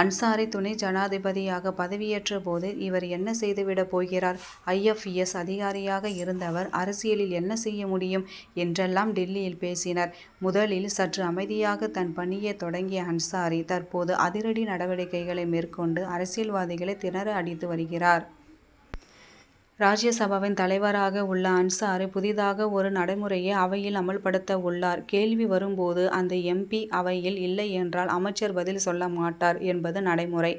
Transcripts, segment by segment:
அன்சாரி, துணை ஜனாதிபதியாக பதவியேற்ற போது, 'இவர் என்ன செய்துவிடப் போகிறார்? ஐ. எப். இ. எஸ். அதிகாரியாக இருந்தவர் அரசியலில் என்ன செய்ய முடியும்? ' என்றெல்லாம் டில்லியில் பேசினர். முதலில் சற்று அமைதியாக தன் பணியைத் தொடங்கிய அன்சாரி, தற்போது அதிரடி நடவடிக்கைகளை மேற்கொண்டு அரசியல்வாதிகளை திணற அடித்து வருகிறார். ராஜ்யசபாவின் தலைவராக உள்ள அன்சாரி, புதிதாக ஒரு நடைமுறையை அவையில் அமல்படுத்த உள்ளார். 'கேள்வி வரும் போது அந்த எம். பி., அவையில் இல்லையென்றால் அமைச்சர் பதில் சொல்லமாட்டார்' என்பது நடைமுறை.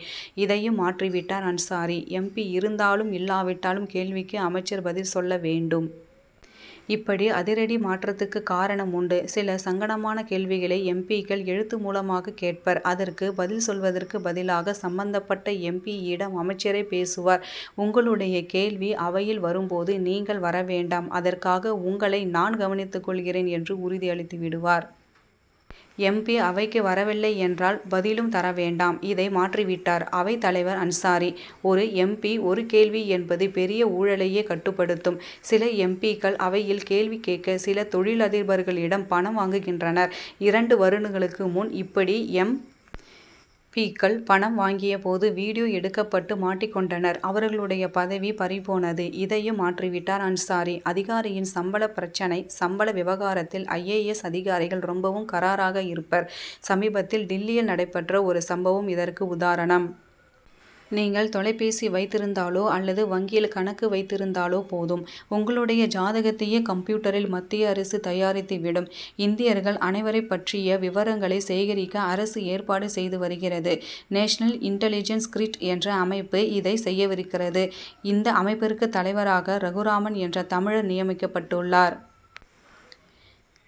இதையும் மாற்றிவிட்டார் அன்சாரி. எம். பி., இருந்தாலும் இல்லாவிட்டாலும் கேள்விக்கு அமைச்சர் பதில் சொல்ல வேண்டும். இப்படி அதிரடி மாற்றத்திற்கு காரணம் உண்டு. சில சங்கடமான கேள்விகளை எம். பி.,க்கள் எழுத்து மூலமாக கேட்பர். அதற்குப் பதில் சொல்வதற்கு பதிலாக சம்பந்தப் பட்ட எம். பி.,யிடம் அமைச்சரே பேசுவார். 'உங்களுடைய கேள்வி அவையில் வரும் போது நீங்கள் வர வேண்டாம்; அதற்காக உங்களை நான் கவனித்துக் கொள்கிறேன்' என்று உறுதி அளித்துவிடுவார். எம். பி., அவைக்கு வரவில்லையென்றால், பதிலும் தர வேண்டாம். இதை மாற்றிவிட்டார் அவைத் தலைவர் அன்சாரி. ஒரு எம். பி. ஒரு கேள்வி என்பது பெரிய ஊழலையே கட்டுப்படுத்தும். சில எம். பி.,க்கள் அவையில் கேள்வி கேட்க சில தொழிலதிபர்களிடம் பணம் வாங்குகின்றனர். இரண்டு வருடங்களுக்கு முன் இப்படி எம். பி.,க்கள் பணம் வாங்கிய போது, வீடியோ எடுக்கப்பட்டு மாட்டிக் கொண்டனர். அவர்களுடைய பதவி பறிபோனது. இதையும் மாற்றிவிட்டார் அன்சாரி. அதிகாரியின் சம்பளப் பிரச்னை சம்பள விவகாரத்தில் ஐ. ஏ. எஸ்., அதிகாரிகள் ரொம்பவும் கறாராக இருப்பர். சமீபத்தில், டில்லியில் நடைபெற்ற ஒரு சம்பவம் இதற்கு உதாரணம். நீங்கள் தொலைபேசி வைத்திருந்தாலோ அல்லது வங்கியில் கணக்கு வைத்திருந்தாலோ போதும், உங்களுடைய ஜாதகத்தையே கம்ப்யூட்டரில் மத்திய அரசு தயாரித்துவிடும். இந்தியர்கள் அனைவரைப் பற்றிய விவரங்களை சேகரிக்க அரசு ஏற்பாடு செய்து வருகிறது. 'நேஷனல் இன்டெலிஜென்ஸ் கிரிட்' என்ற அமைப்பு இதைச் செய்யவிருக்கிறது. இந்த அமைப்பிற்கு தலைவராக ரகுராமன் என்ற தமிழர் நியமிக்கப்பட்டுள்ளார்.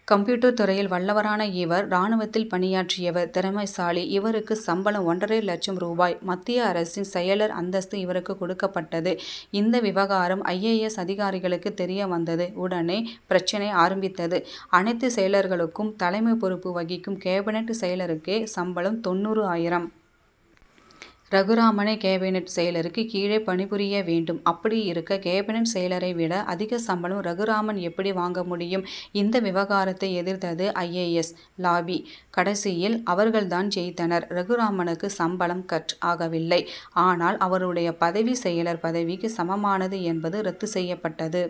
கம்ப்யூட்டர் துறையில் வல்லவரான இவர், ராணுவத்தில் பணியாற்றியவர், திறமைசாலி. இவருக்கு சம்பளம் ஒன்றரை லட்சம் ரூபாய். மத்திய அரசு செயலர் அந்தஸ்து இவருக்குக் கொடுக்கப்பட்டது. இந்த விவகாரம் ஐ. ஏ. எஸ்., அதிகாரிகளுக்கு தெரியவந்தது. உடனே பிரச்னை ஆரம்பித்தது. அனைத்து செயலர்களுக்கும் தலைமை பொறுப்பு வகிக்கும் கேபினட் செயலருக்கே சம்பளம் தொண்ணூறு ஆயிரம். ரகுராமனே கேபினட் செயலருக்கு கீழே பணிபுரிய வேண்டும். அப்படியிருக்க, கேபினட் செயலரை விட அதிக சம்பளம் ரகுராமன் எப்படி வாங்க முடியும்? இந்த விவகாரத்தை எதிர்த்தது ஐ. ஏ. S., lobby. கடைசியில் அவர்கள் தான் ஜெயித்தனர். ரகுராமனுக்கு சம்பளம், 'கட்' ஆகவில்லை. ஆனால், அவருடைய பதவி செயலர் பதவிக்கு சமமானது என்பது ரத்து செய்யப்பட்டது.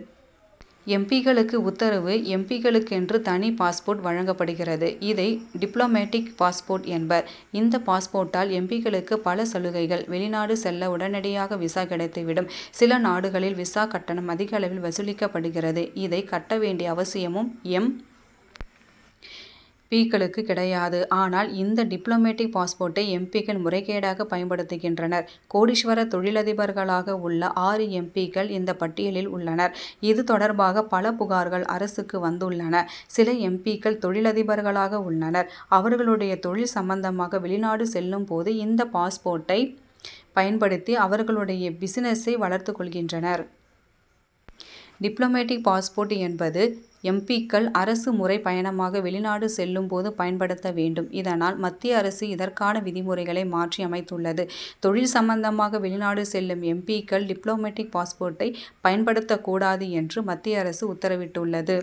எம். பி.,க்களுக்கு உத்தரவு எம். பி.,க்களுக்கென்று தனி பாஸ்போர்ட் வழங்கப்படுகிறது. இதை டிப்ளோமேடிக் பாஸ்போர்ட் என்பர். இந்த பாஸ்போர்ட்டால் எம். பி.,க்களுக்கு பல சலுகைகள். வெளிநாடு செல்ல உடனடியாக விசா கிடைத்துவிடும். சில நாடுகளில் விசா கட்டணம் அதிக அளவில் வசூலிக்கப்படுகிறது. இதைக் கட்ட வேண்டிய அவசியமும் எம். பி.,க்களுக்குக் கிடையாது. ஆனால், இந்த டிப்ளோமேடிக் பாஸ்போர்ட்டை எம். பி.,க்கள் முறைகேடாக பயன்படுத்துகின்றனர். கோடீஸ்வர தொழிலதிபர்களாக உள்ள ஆறு எம். பி.,க்கள், இந்த பட்டியலில் உள்ளனர். இது தொடர்பாக பல புகார்கள் அரசுக்கு வந்துள்ளன. சில எம். பி.,க்கள் தொழிலதிபர்களாக உள்ளனர். அவர்களுடைய தொழில் சம்பந்தமாக வெளிநாடு செல்லும் போது இந்த பாஸ்போர்ட்டை பயன்படுத்தி அவர்களுடைய பிசினசை வளர்த்துக் கொள்கின்றனர். டிப்ளமேடிக் பாஸ்போர்ட் என்பது எம். பி.,க்கள் அரசு முறைப் பயணமாக வெளிநாடு செல்லும் போது பயன்படுத்த வேண்டும். இதனால், மத்திய அரசு இதற்கான விதிமுறைகளை மாற்றி அமைத்துள்ளது. தொழில் சம்பந்தமாக வெளிநாடு செல்லும் எம். பி.,க்கள் டிப்ளோமேடிக் பாஸ்போர்ட்டை பயன்படுத்தக்கூடாது என்று மத்திய அரசு உத்தரவிட்டுள்ளது.